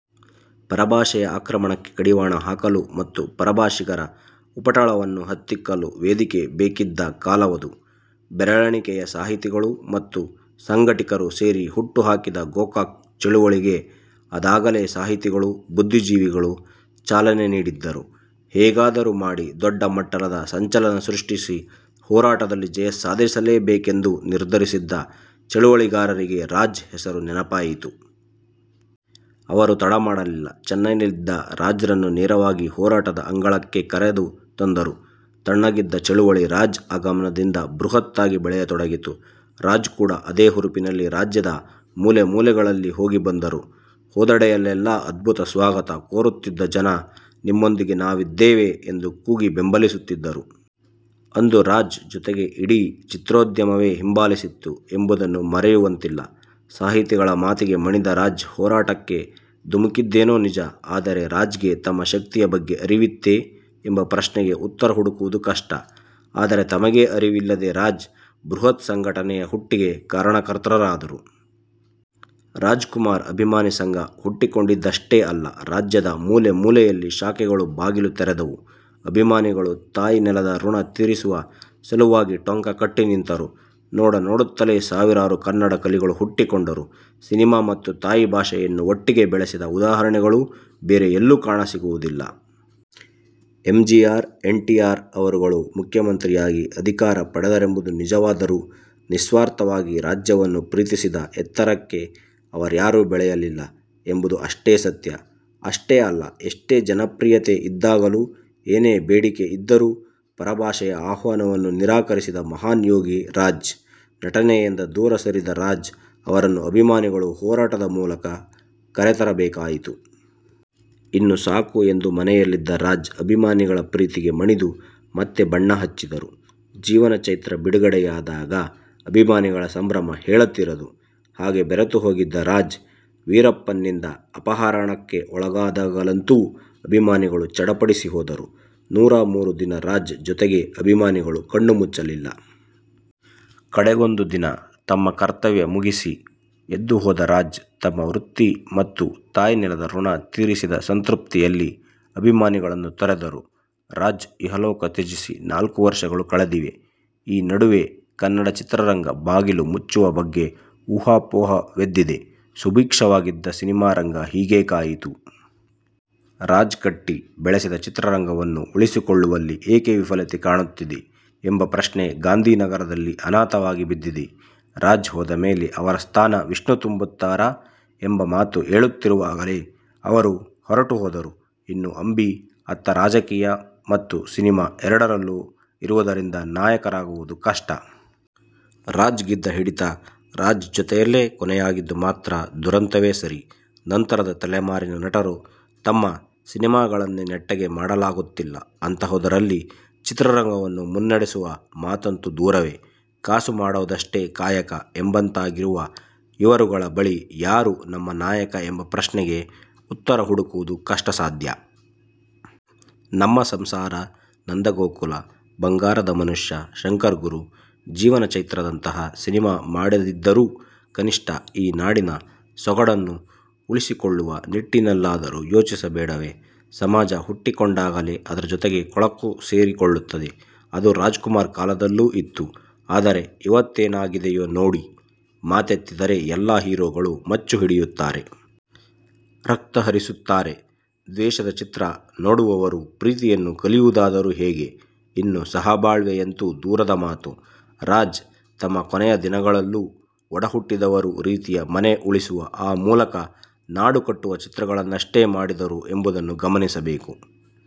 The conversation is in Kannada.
ಪರಭಾಷೆಯ ಆಕ್ರಮಣಕ್ಕೆ ಕಡಿವಾಣ ಹಾಕಲು ಮತ್ತು ಪರಭಾಷಿಗರ ಉಪಟಳವನ್ನು ಹತ್ತಿಕ್ಕಲು ವೇದಿಕೆ ಬೇಕಿದ್ದ ಕಾಲವದು. ಬೆರಳೆಣಿಕೆಯ ಸಾಹಿತಿಗಳು ಮತ್ತು ಸಂಘಟಕರು ಸೇರಿ ಹುಟ್ಟು ಹಾಕಿದ ಗೋಕಾಕ್ ಚಳವಳಿಗೆ ಅದಾಗಲೇ ಸಾಹಿತಿಗಳು, ಬುದ್ಧಿಜೀವಿಗಳು ಚಾಲನೆ ನೀಡಿದ್ದರು. ಹೇಗಾದರೂ ಮಾಡಿ ದೊಡ್ಡ ಮಟ್ಟದ ಸಂಚಲನ ಸೃಷ್ಠಿಸಿ ಹೋರಾಟದಲ್ಲಿ ಜಯ ಸಾಧಿಸಲೇಬೇಕೆಂದು ನಿರ್ಧರಿಸಿದ್ದ ಚಳಿವಳಿಗಾರರಿಗೆ ರಾಜ್ ಹೆಸರು ನೆನಪಾಯಿತು. ಅವರು ತಡಮಾಡಲಿಲ್ಲ. ಚೆನ್ನೈನಲ್ಲಿದ್ದ ರಾಜ್ರನ್ನು ನೇರವಾಗಿ ಹೋರಾಟದ ಅಂಗಳಕ್ಕೆ ಕರೆದು ತಂದರು. ತಣ್ಣಗಿದ್ದ ಚಳವಳಿ ರಾಜ್ ಆಗಮನದಿಂದ ಬೃಹತ್ತಾಗಿ ಬೆಳೆಯತೊಡಗಿತು. ರಾಜ್ ಕೂಡ ಅದೇ ಹುರುಪಿನಲ್ಲಿ ರಾಜ್ಯದ ಮೂಲೆಮೂಲೆಗಳು ಹೋಗಿ ಬಂದರು. ಹೋದೆಡೆಯಲೆಲ್ಲಾ ಅದ್ಭುತ ಸ್ವಾಗತ ಕೋರುತ್ತಿದ್ದ ಜನ ನಿಮ್ಮೊಂದಿಗೆ ನಾವಿದ್ದೇವೆ ಎಂದು ಕೂಗಿ ಬೆಂಬಲಿಸುತ್ತಿದ್ದರು. ಅಂದು ರಾಜ್ ಜೊತೆಗೆ ಇಡೀ ಚಿತ್ರೋದ್ಯಮವೇ ಹಿಂಬಾಲಿಸಿತ್ತು ಎಂಬುದನ್ನು ಮರೆಯುವಂತಿಲ್ಲ. ಸಾಹಿತಿಗಳ ಮಾತಿಗೆ ಮಣಿದ ರಾಜ್ ಹೋರಾಟಕ್ಕೆ ಧುಮುಕ್ಕಿದ್ದೇನೋ ನಿಜ. ಆದರೆ ರಾಜ್ಗೆ ತಮ್ಮ ಶಕ್ತಿಯ ಬಗ್ಗೆ ಅರಿವಿತ್ತೆ? ಎಂಬ ಪ್ರಶ್ನೆಗೆ ಉತ್ತರ ಹುಡುಕುವುದು ಕಷ್ಟ. ಆದರೆ, ತಮಗೇ ಅರಿವಿಲ್ಲದೆ ರಾಜ್, ಬೃಹತ್ ಸಂಘಟನೆಯ ಹುಟ್ಟಿಗೆ ಕಾರಣಕರ್ತರಾದರು. ರಾಜ್ಕುಮಾರ್ ಅಭಿಮಾನಿ ಸಂಘ ಹುಟ್ಟಿಕೊಂಡಿದ್ದಷ್ಟೇ ಅಲ್ಲ. ರಾಜ್ಯದ ಮೂಲೆ ಮೂಲೆಯಲ್ಲಿ ಶಾಖೆಗಳು ಬಾಗಿಲು ತೆರೆದವು. ಅಭಿಮಾನಿಗಳು ತಾಯಿ ನೆಲದ ಋಣ ತೀರಿಸುವ ಸಲುವಾಗಿ ಟೊಂಕ ಕಟ್ಟಿ ನಿಂತರು. ನೋಡನೋಡುತ್ತಲೇ ಸಾವಿರಾರು ಕನ್ನಡ ಕಲಿಗಳು ಹುಟ್ಟಿಕೊಂಡರು. ಸಿನಿಮಾ ಮತ್ತು ತಾಯಿ ಭಾಷೆಯನ್ನು ಒಟ್ಟಿಗೆ ಬೆಳೆಸಿದ ಉದಾಹರಣೆಗಳೂ ಬೇರೆ ಎಲ್ಲೂ ಕಾಣಸಿಗುವುದಿಲ್ಲ. ಎಂಜಿಆರ್, ಎನ್ಟಿಆರ್ ಅವರುಗಳು ಮುಖ್ಯಮಂತ್ರಿಯಾಗಿ ಅಧಿಕಾರ ಪಡೆದರೆಂಬುದು ನಿಜವಾದರೂ, ನಿಸ್ವಾರ್ಥವಾಗಿ ರಾಜ್ಯವನ್ನು ಪ್ರೀತಿಸಿದ ಎತ್ತರಕ್ಕೆ ಅವರ್ಯಾರು ಬೆಳೆಯಲಿಲ್ಲ ಎಂಬುದು ಅಷ್ಟೇ ಸತ್ಯ. ಅಷ್ಟೇ ಅಲ್ಲ ಎಷ್ಟೇ ಜನಪ್ರಿಯತೆಯಿದ್ದಾಗಲೂ, ಏನೇ ಬೇಡಿಕೆ ಇದ್ದರೂ ಪರಭಾಷೆಯ ಆಹ್ವಾನವನ್ನು ನಿರಾಕರಿಸಿದ ಮಹಾನ್ ಯೋಗಿ ರಾಜ್. ನಟನೆಯಿಂದ ದೂರ ಸರಿದ ರಾಜ್ ಅವರನ್ನು ಅಭಿಮಾನಿಗಳು ಹೋರಾಟದ ಮೂಲಕ ಕರೆತರಬೇಕಾಯಿತು. ಇನ್ನು ಸಾಕು ಎಂದು ಮನೆಯಲ್ಲಿದ್ದ ರಾಜ್, ಅಭಿಮಾನಿಗಳ ಪ್ರೀತಿಗೆ ಮಣಿದು ಮತ್ತೆ ಬಣ್ಣ ಹಚ್ಚಿದರು. ಜೀವನ ಚೈತ್ರ ಬಿಡುಗಡೆಯಾದಾಗ ಅಭಿಮಾನಿಗಳ ಸಂಭ್ರಮ ಹೇಳತೀರದು. ಹಾಗೆ ಬೆರತು ಹೋಗಿದ್ದ ರಾಜ್ ವೀರಪ್ಪನ್ನಿಂದ ಅಪಹರಣಕ್ಕೊಳಗಾದಾಗಲಂತೂ ಅಭಿಮಾನಿಗಳು ಚಡಪಡಿಸಿ ಹೋದರು. ನೂರ ಮೂರು ದಿನ ರಾಜ್ ಜೊತೆಗೆ ಅಭಿಮಾನಿಗಳು ಕಣ್ಣುಮುಚ್ಚಲಿಲ್ಲ. ಕಡೆಗೊಂದು ದಿನ ತಮ್ಮ ಕರ್ತವ್ಯ ಮುಗಿಸಿ ಎದ್ದು ಹೋದ ರಾಜ್ ತಮ್ಮ ವೃತ್ತಿ ಮತ್ತು ತಾಯಿ ನೆಲದ ಋಣ ತೀರಿಸಿದ ಸಂತೃಪ್ತಿಯಲ್ಲಿ ಅಭಿಮಾನಿಗಳನ್ನು ತೊರೆದರು. ರಾಜ್ ಇಹಲೋಕ ತ್ಯಜಿಸಿ ನಾಲ್ಕು ವರ್ಷಗಳು ಕಳೆದಿವೆ. ಈ ನಡುವೆ ಕನ್ನಡ ಚಿತ್ರರಂಗ ಬಾಗಿಲು ಮುಚ್ಚುವ ಬಗ್ಗೆ ಊಹಾಪೋಹವೆದ್ದಿದೆ. ಸುಭಿಕ್ಷವಾಗಿದ್ದ ಸಿನಿಮಾರಂಗ ಹೀಗೇಕಾಯಿತು. ರಾಜ್ ಕಟ್ಟಿ ಬೆಳೆಸಿದ ಚಿತ್ರರಂಗವನ್ನು ಉಳಿಸಿಕೊಳ್ಳುವಲ್ಲಿ ಏಕೆ ವಿಫಲತೆ ಕಾಣುತ್ತಿದೆ? ಎಂಬ ಪ್ರಶ್ನೆ ಗಾಂಧಿನಗರದಲ್ಲಿ ಅನಾಥವಾಗಿ ಬಿದ್ದಿದೆ. ರಾಜ್ ಹೋದ ಮೇಲೆ ಅವರ ಸ್ಥಾನ ವಿಷ್ಣು ತುಂಬುತ್ತಾರಾ? ಎಂಬ ಮಾತು ಏಳುತ್ತಿರುವಾಗಲೇ ಅವರು ಹೊರಟು ಹೋದರು. ಇನ್ನು ಅಂಬಿ, ಅತ್ತ ರಾಜಕೀಯ ಮತ್ತು ಸಿನಿಮಾ ಎರಡರಲ್ಲೂ ಇರುವುದರಿಂದ ನಾಯಕರಾಗುವುದು ಕಷ್ಟ. ರಾಜ್ ಗಿದ್ದ ಹಿಡಿತ ರಾಜ್ ಜತೆಯಲ್ಲೇ ಕೊನೆಯಾಗಿದ್ದು ಮಾತ್ರ ದುರಂತವೇ ಸರಿ. ನಂತರದ ತಲೆಮಾರಿನ ನಟರು ತಮ್ಮ ಸಿನಿಮಾಗಳನ್ನೇ ನೆಟ್ಟಗೆ ಮಾಡಲಾಗುತ್ತಿಲ್ಲ. ಅಂತಹುದರಲ್ಲಿ ಚಿತ್ರರಂಗವನ್ನು ಮುನ್ನಡೆಸುವ ಮಾತಂತೂ ದೂರವೇ. ಕಾಸು ಮಾಡೋದಷ್ಟೇ ಕಾಯಕ ಎಂಬಂತಾಗಿರುವ ಇವರುಗಳ ಬಳಿ ಯಾರು ನಮ್ಮ ನಾಯಕ ಎಂಬ ಪ್ರಶ್ನೆಗೆ ಉತ್ತರ ಹುಡುಕುವುದು ಕಷ್ಟಸಾಧ್ಯ. ನಮ್ಮ ಸಂಸಾರ, ನಂದಗೋಕುಲ, ಬಂಗಾರದ ಮನುಷ್ಯ, ಶಂಕರ್ಗುರು, ಜೀವನ ಚೈತ್ರದಂತಹ ಸಿನಿಮಾ ಮಾಡದಿದ್ದರೂ, ಕನಿಷ್ಠ ಈ ನಾಡಿನ ಸೊಗಡನ್ನು ಉಳಿಸಿಕೊಳ್ಳುವ ನಿಟ್ಟಿನಲ್ಲಾದರೂ ಯೋಚಿಸಬೇಡವೇ. ಸಮಾಜ ಹುಟ್ಟಿಕೊಂಡಾಗಲೇ ಅದರ ಜತೆಗೆ ಕೊಳಕು ಸೇರಿಕೊಳ್ಳುತ್ತದೆ. ಅದು ರಾಜ್ಕುಮಾರ್ ಕಾಲದಲ್ಲೂ ಇತ್ತು. ಆದರೆ, ಈವತ್ತೇನಾಗಿದೆಯೋ ನೋಡಿ. ಮಾತೆತ್ತಿದ್ದರೆ ಎಲ್ಲಾ ಹೀರೋಗಳು ಮಚ್ಚು ಹಿಡಿಯುತ್ತಾರೆ. ರಕ್ತ ಹರಿಸುತ್ತಾರೆ. ದ್ವೇಷದ ಚಿತ್ರ ನೋಡುವವರು ಪ್ರೀತಿಯನ್ನು ಕಲಿಯುವುದಾದರೂ ಹೇಗೆ? ಇನ್ನು ಸಹಬಾಳ್ವೆಯಂತೂ ದೂರದ ಮಾತು. ರಾಜ್ ತಮ್ಮ ಕೊನೆಯ ದಿನಗಳಲ್ಲೂ ಒಡಹುಟ್ಟಿದವರು ರೀತಿಯ ಮನೆ ಉಳಿಸುವ, ಆ ಮೂಲಕ ನಾಡು ಕಟ್ಟುವ ಚಿತ್ರಗಳನ್ನಷ್ಟೇ ಮಾಡಿದರು ಎಂಬುದನ್ನು ಗಮನಿಸಬೇಕು.